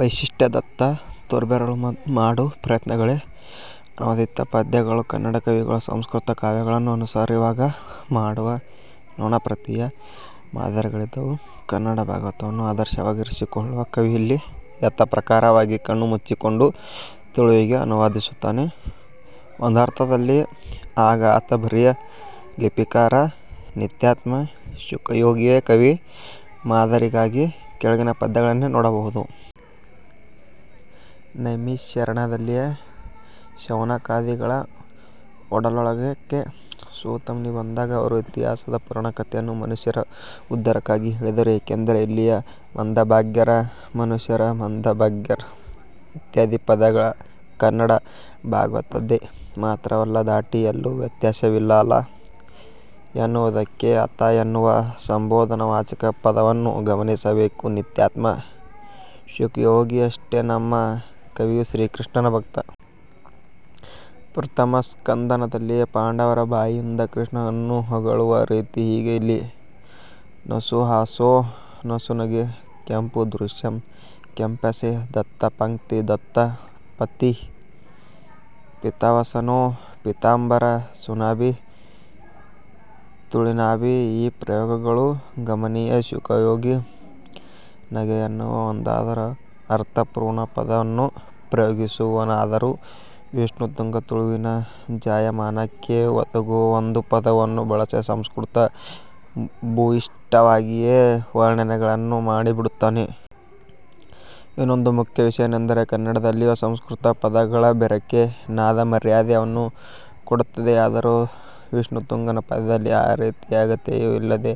ವೈಶಿಷ್ಟ್ಯದತ್ತ ತೋರ್ಬೆರಳು ಮಾಡು ಪ್ರಯತ್ನಗಳೇ. ಅನುವಾದಿತ ಪದ್ಯಗಳು ಕನ್ನಡ ಕವಿಗಳು ಸಂಸ್ಕೃತ ಕಾವ್ಯಗಳನ್ನು ಅನುಸರಿಸುವಾಗ ಮಾಡುವ 'ನೊಣಪ್ರತಿಯ' ಮಾದಿರಗಳಿವು. ಕನ್ನಡ ಭಾಗವತವನ್ನು ಆದರ್ಶವಾಗಿರಿಸಿಕೊಳ್ಳುವ ಕವಿ ಇಲ್ಲಿ ಯಥಾಪ್ರಕಾರವಾಗಿ ಕಣ್ಣು ಮುಚ್ಚಿಕೊಂಡು ತುಳುವಿಗೆ ಅನುವಾದಿಸುತ್ತಾನೆ. ಒಂದರ್ಥದಲ್ಲಿ ಆಗ ಆತ ಬರಿಯ 'ಲಿಪಿಕಾರ' 'ನಿತ್ಯಾತ್ಮ ಶುಕಯೋಗಿಯೇ' ಕವಿ ಮಾದರಿಗಾಗಿ ಕೆಳಗಿನ ಪದ್ಯಗಳನ್ನೇ ನೋಡಬಹುದು. ನೈಮಿಷಾರಣ್ಯದಲ್ಲಿ ಶೌನಕಾದಿಗಳ ಒಡ್ಡೋಲಗಕ್ಕೆ ಸೂತ ಮುನಿ ಬಂದಾಗ ಅವರು ಇತಿಹಾಸದ ಪುರಾಣ ಕಥೆಯನ್ನು ಮನುಷ್ಯರ ಉದ್ದಾರಕ್ಕಾಗಿ ಹೇಳಿದರು ಏಕೆಂದರೆ ಇಲ್ಲಿಯ 'ಮಂದಭಾಗ್ಯೆರ್' ಮನುಷ್ಯೆರ್ ಮಂದಬುದ್ಧೆರ್ ಇತ್ಯಾದಿ ಪದಗಳೆಲ್ಲ ಕನ್ನಡ ಭಾಗವತದ್ದೇ. ಮಾತ್ರವಲ್ಲ. ಧಾಟಿಯಲ್ಲೂ ವ್ಯತ್ಯಾಸವಿಲ್ಲ. 'ಅಲಾ' ಎನ್ನುವುದಕ್ಕೆ'ಅತಾ ಎನ್ನುವ ಸಂಭೋದನಾ ವಾಚಕಪದವನ್ನು ಗಮನಿಸಬೇಕು. ನಿತ್ಯಾತ್ಮ ಶುಕಯೋಗಿಯಷ್ಟೆ ನಮ್ಮ ಕವಿಯು ಶ್ರೀ ಕೃಷ್ಣನು ಭಕ್ತ. ಪ್ರಥಮ ಸ್ಕಂಧದಲ್ಲಿ ಪಾಂಡವರ ಬಾಯಿಯಿಂದ ಕೃಷ್ಣನನ್ನು ಹೊಗಳುವ ರೀತಿ ಹೀಗೆ: ಇಲ್ಲಿ ನಸುಹಾಸೊ ನಸುನಗೆ, ಕೆಂಪು ದೃಶಂ ಕೆಂಪೆಸೆ, ದಂತಪಂಕ್ತಿ ದಂತ ಪಂಥೀ, ಪೀತಾವಸನೊ ಪೀತಾಂಬರ, ಸುನಾಭಿ ಚುಳಿನಾಭಿ ಈ ಪ್ರಯೋಗಗಳು ಗಮನೀಯ ಶುಕಯೋಗಿ ನಗೆ ಎನ್ನುವ ಒಂದಾದರೂ ಅರ್ಥಪೂರ್ಣ ಪದವನ್ನು ಪ್ರಯೋಗಿಸಿರುವವನಾದರೂ ವಿಷ್ಣು ತುಂಗ ತುಳುವಿನ ಜಾಯಮಾನಕ್ಕೆ ಒಗ್ಗುವ ಒಂದು ಪದವನ್ನೂ ಬಳಸದೆ ಸಂಸ್ಕೃತ ಭೂಯಿಷ್ಠವಾಗಿಯೇ ವರ್ಣನೆಗಳನ್ನು ಮಾಡಿ ಬಿಡುತ್ತಾನೆ. ಇನ್ನೊಂದು ಮುಖ್ಯ ವಿಷಯವೆನೆಂದರೆ ಕನ್ನಡದಲ್ಲೇನೂ ಸಂಸ್ಕೃತ ಪದಗಳ ಬೆರಕೆ ನಾದಮಾಧುರ್ಯವನ್ನು ಕೊಡುತ್ತದೆಯಾದರೂ ವಿಷ್ಣುತುಂಗನ ಪದ್ಯದಲ್ಲಿ ಆ ರೀತಿಯ ಗೇಯತೆಯೂ ಇಲ್ಲದೆ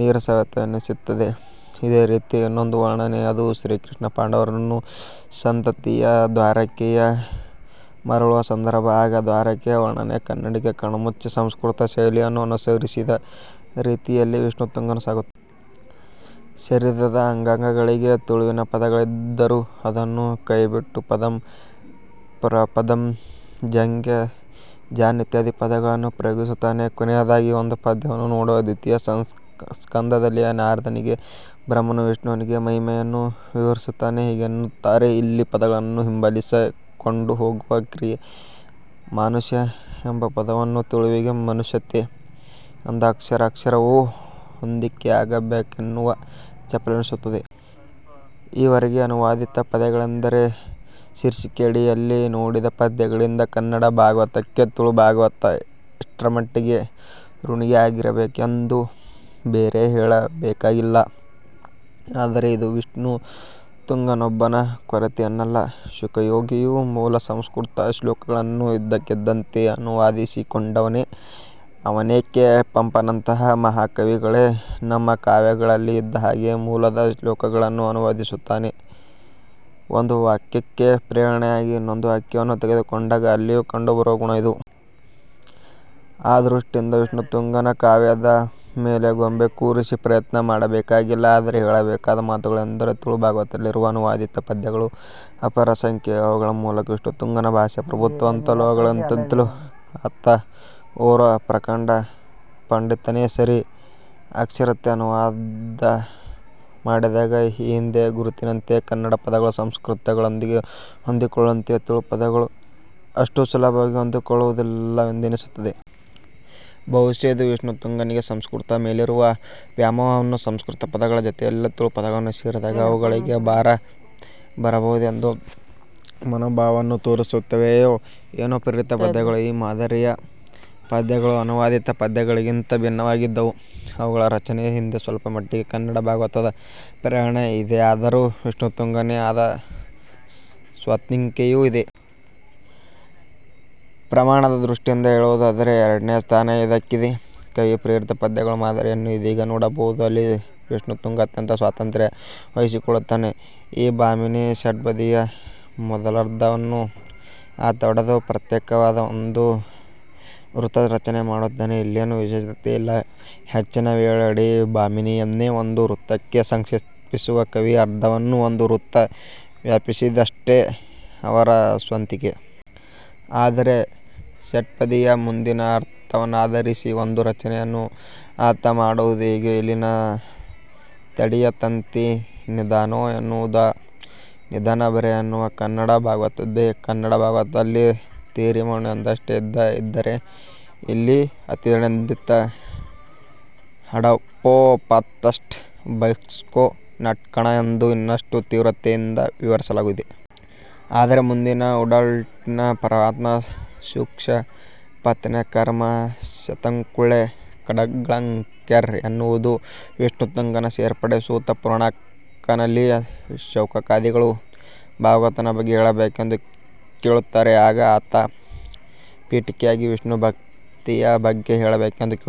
ನೀರಸವೆನಿಸುತ್ತದೆ. ಇದೇ ರೀತಿಯ ಇನ್ನೊಂದು ವರ್ಣನೆ, ಅದು ಶ್ರೀ ಕೃಷ್ಣ ಪಾಂಡವರನ್ನು ಸಂತಿಯಿಸಿ ದ್ವಾರಕೆಗೆ ಮರುಳುವ ಸಂದರ್ಭ. ಆಗ ದ್ವಾರಕೆಯ ವರ್ಣನೆ ಕನ್ನಡಿಗ ಕಣ್ಮುಚ್ಚಿ ಸಂಸ್ಕೃತದ ಶೈಲಿಯನ್ನು ಅನುಸರಿಸಿದ ರೀತಿಯಲ್ಲಿಯೇ ವಿಷ್ಣುತುಂಗನೂ ಸಾಗುತ್ತಾನೆ. ಶರೀರದ ಅಂಗಾಂಗಗಳಿಗೆ ತುಳುವಿನ ಪದಗಳಿದ್ದರೂ ಅದನ್ನು ಕೈಬಿಟ್ಟು ಪದಂ, ಪ್ರಪದಂ, ಜಂಘೆ, ಜಾನು ಇತ್ಯಾದಿ ಪದಗಳನ್ನು ಪ್ರಯೋಗಿಸುತ್ತಾನೆ. ಕೊನೆಯದಾಗಿ ಒಂದು ಪದ್ಯವನ್ನು ನೋಡುವ ದ್ವಿತೀಯ ಸ್ಕಂಧಲ್ಲಿ ನಾರದನಿಗೆ ಬ್ರಹ್ಮನು ವಿಷ್ಣುವಿನ ಮಹಿಮೆಯನ್ನು ವಿವರಿಸುತ್ತಾ ಹೀಗೆನ್ನುತ್ತಾನೆ. ಇಲ್ಲಿ ಪದಗಳನ್ನು ಹಿಂಬಾಲಿಸಿಕೊಂಡು ಹೋಗುವ ಕ್ರಿಯೆ, 'ಮಾನುಷ್ಯ ಎಂಬ ಪದವನ್ನು ತುಳುವಿಗೆ 'ಮನುಷ್ಯತೆ' ಎಂದು, ಅಕ್ಷರ ಅಕ್ಷರವೂ ಹೊಂದಿಕೆಯಾಗಬೇಕೆನ್ನುವ ಚಪಲವೆನಿಸುತ್ತದೆ. ಈವರೆಗೆ ಅನುವಾದಿತ ಪದ್ಯಗಳೆಂಬ ಶೀರ್ಷಿಕೆಯಡಿಯಲ್ಲಿ ನೋಡಿದ ಪದ್ಯಗಳಿಂದ 'ಕನ್ನಡ ಭಾಗವತಕ್ಕೆ' ತುಳು ಭಾಗವತ' ಎಷ್ಟರಮಟ್ಟಿಗೆ ಋಣಿಯಾಗಿರಬೇಕೆಂಬುದನ್ನು ಬೇರೆ ಹೇಳಬೇಕಾಗಿಲ್ಲ. ಆದರೆ ಇದು ವಿಷ್ಣುತುಂಗನೊಬ್ಬನ ಕೊರತೆಯೇನಲ್ಲ. ಶುಕಯೋಗಿಯೂ ಮೂಲಸಂಸ್ಕೃತದ ಶ್ಲೋಕಗಳನ್ನು ಇದ್ದಕ್ಕಿದ್ದಂತೆ ಅನುವಾದಿಸಿಕೊಂಡವನೇ ಅವನೇಕೆ ಪಂಪನಂತಹ ಮಹಾಕವಿಗಳೇ ತಮ್ಮಕಾವ್ಯಗಳಲ್ಲಿ ಇದ್ದ ಹಾಗೆಯೇ ಮೂಲದ ಶ್ಲೋಕಗಳನ್ನು ಅನುವಾದಿಸುತ್ತಾರೆ. ಒಂದು ಕಾವ್ಯಕ್ಕೆ ಪ್ರೇರಣೆಯಾಗಿ ಇನ್ನೊಂದು ಕಾವ್ಯವನ್ನು ತೆಗೆದುಕೊಂಡಾಗ ಅಲ್ಲಿಯೂ ಕಂಡುಬರುವ ಗುಣ ಇದು. ಆ ದೃಷ್ಟಿಯಿಂದ ವಿಷ್ಣುತುಂಗನ ಕಾವ್ಯದ ಮೇಲೆ ಗೂಬೆ ಕೂರಿಸು ಪ್ರಯತ್ನ ಮಾಡಬೇಕಾಗಿಲ್ಲ. ಆದರೆ ಹೇಳಬೇಕಾದ ಮಾತುಗಳೆಂದರೆ ತುಳು ಭಾಗವತದಲ್ಲಿರುವ ಅನುವಾದಿತ ಪದ್ಯಗಳು ಅಪಾರ ಸಂಖ್ಯೆಯವು. ಅವುಗಳ ಮೂಲಕ ವಿಷ್ಣುತುಂಗನ ಭಾಷಾ ಪ್ರಭುತ್ವವನ್ನಂತೂ ಅಲ್ಲಗಳೆಯುವಂತಿಲ್ಲ. ಆತ ಓರ್ವ ಪ್ರಕಾಂಡ ಪಂಡಿತನೇ ಸರಿ. ಅಕ್ಷರಶಃ ಅನುವಾದ ಮಾಡಿದಾಗ ಈ ಹಿಂದೆಯೇ ಗುರುತಿಸಿದಂತೆ, ಕನ್ನಡ ಪದಗಳು ಸಂಸ್ಕೃತದೊಂದಿಗೆ ಹೊಂದಿಕೊಳ್ಳುವಂತೆ ತುಳು ಪದಗಳು ಅಷ್ಟು ಸುಲಭವಾಗಿ ಹೊಂದಿಕೊಳ್ಳುವುದಿಲ್ಲವೆಂದೆನಿಸುತ್ತದೆ. ಬಹುಶಃ ಇದು ವಿಷ್ಣು ತುಂಗನಿಗೆ ಸಂಸ್ಕೃತದ ಮೇಲಿರುವ ವ್ಯಾಮೋಹವನ್ನು ಸಂಸ್ಕೃತ ಪದಗಳ ಜತೆಯಲ್ಲಿ ತುಳು ಪದಗಳು ಸೇರಿದಾಗ ಅವುಗಳಿಗೆ ಭಾರ ಬರಬಹುದೆಂಬ ಮನೋಭಾವವನ್ನೂ ತೋರಿಸುತ್ತವೆಯೋ ಏನೋ. ಪ್ರೇರಿತ ಪದ್ಯಗಳು: ಈ ಮಾದಿರಿಯ ಪದ್ಯಗಳು ಅನುವಾದಿತ ಪದ್ಯಗಳಿಗಿಂತ ಭಿನ್ನವಾದವು. ಇವುಗಳ ರಚನೆಯ ಹಿಂದೆ ಸ್ವಲ್ಪಮಟ್ಟಿಗೆ ಕನ್ನಡ ಭಾಗವತದ ಪ್ರೇರಣೆ ಇದೆಯಾದರೂ ವಿಷ್ಣುತುಂಗನದೇ ಆದ ಸ್ವಂತಿಕೆಯೂ ಇದೆ. ಪ್ರಮಾಣದ ದೃಷ್ಟಿಯಿಂದ ಹೇಳುವುದಾದರೆ ಎರಡನೆಯ ಸ್ಥಾನ ಇದಕ್ಕಿದೆ. ಕವಿಯ ಪ್ರೇರಿತ ಪದ್ಯಗಳು ಮಾದರಿಯನ್ನು ಇದೀಗ ನೋಡಬಹುದು. ಇಲ್ಲಿ ವಿಷ್ಣುತುಂಗ ಅತ್ಯಂತ ಸ್ವಾತಂತ್ರ್ಯ ವಹಿಸಿಕೊಳ್ಳುತ್ತಾನೆ. ಈ ಭಾಮಿನೀ ಷಟ್ಪದಿಯ ಮೊದಲರ್ಧವನ್ನು ಆತ ಒಡೆದು ಪ್ರತ್ಯೇಕವಾದ ಒಂದು ವೃತ್ತರಚನೆ ಮಾಡುತ್ತಾನೆ. ಇಲ್ಲೇನು ವಿಶೇಷತೆಯಿಲ್ಲ. ಹೆಚ್ಚಿನ ವೇಳೆ ಇಡೀ ಭಾಮಿನಿಯನ್ನೇ ಒಂದು ವೃತ್ತಕ್ಕೆ ಸಂಕ್ಷೇಪಿಸುವ ಕವಿ, ಅರ್ಧವನ್ನು ಒಂದು ವೃತ್ತ ವ್ಯಾಪಿಸಿದಷ್ಟೇ ಅವರ ಸ್ವಂತಿಕೆ. ಆದರೆ ಷಟ್ಪದಿಯ ಮುಂದಿನ ಅರ್ಥವನ್ನಾಧರಿಸಿ ಒಂದು ರಚನೆಯನ್ನು ಆತ ಮಾಡುವುದು ಹೀಗೆ: ಇಲ್ಲಿನ ತಡಿಯ ತಂತಿ ನಿಧಾನೊ ಎನ್ನುವುದ ನಿಧನ ಬರೆ ಎನ್ನುವ ಕನ್ನಡ ಭಾಗವತದ್ದೇ. ಕನ್ನಡ ಭಾಗವತದಲ್ಲಿ ತಿರಿಮಣ್ಣು ಎಂದಷ್ಟೇ ಇದ್ದರೆ ಇಲ್ಲಿ ಅತಿದೆಂಡಿತ್ ಹಡಪೊ ಪತ್ತ್ ಸ್ಟ್ 'ಭೈಕ್ಷೊ ನಟ್ಟ್ ಕಣ' ಎಂದು ಇನ್ನಷ್ಟು ತೀವ್ರತೆಯಿಂದು ವಿವರಿಸಲಾಗಿದೆ. ಆದರೆ ಮುಂದಿನ 'ಉಡಲ್ ಟಿತ್ತಿನ ಪರಾತ್ಮ ಸೂಕ್ಷಿಪನೆತ್ತ್ ಕರ್ಮ ಶತಂಕುಳೇ ಕಡಲ್ಟಂಳ್ಗ್ ಕೆರ್' ಎನ್ನುವುದ ವಿಷ್ಣುತುಂಗನ ಸೇರ್ಪಡೆ. ಸೂತ ಪುರಾಣಿಕನಲ್ಲಿ ಶೌನಕಾದಿಗಳು ಭಾಗವತನ ಬಗ್ಗೆ ಹೇಳಬೇಕೆಂದು ಕೇಳುತ್ತಾರೆ. ಆಗ ಅತ ಪೀಠಿಕೆಯಾಗಿ ವಿಷ್ಣುಭಕ್ತಿಯ ಬಗ್ಗೆ ಹೇಳಬೇಕೆಂದು ಕೇಳುತ್ತಾರೆ.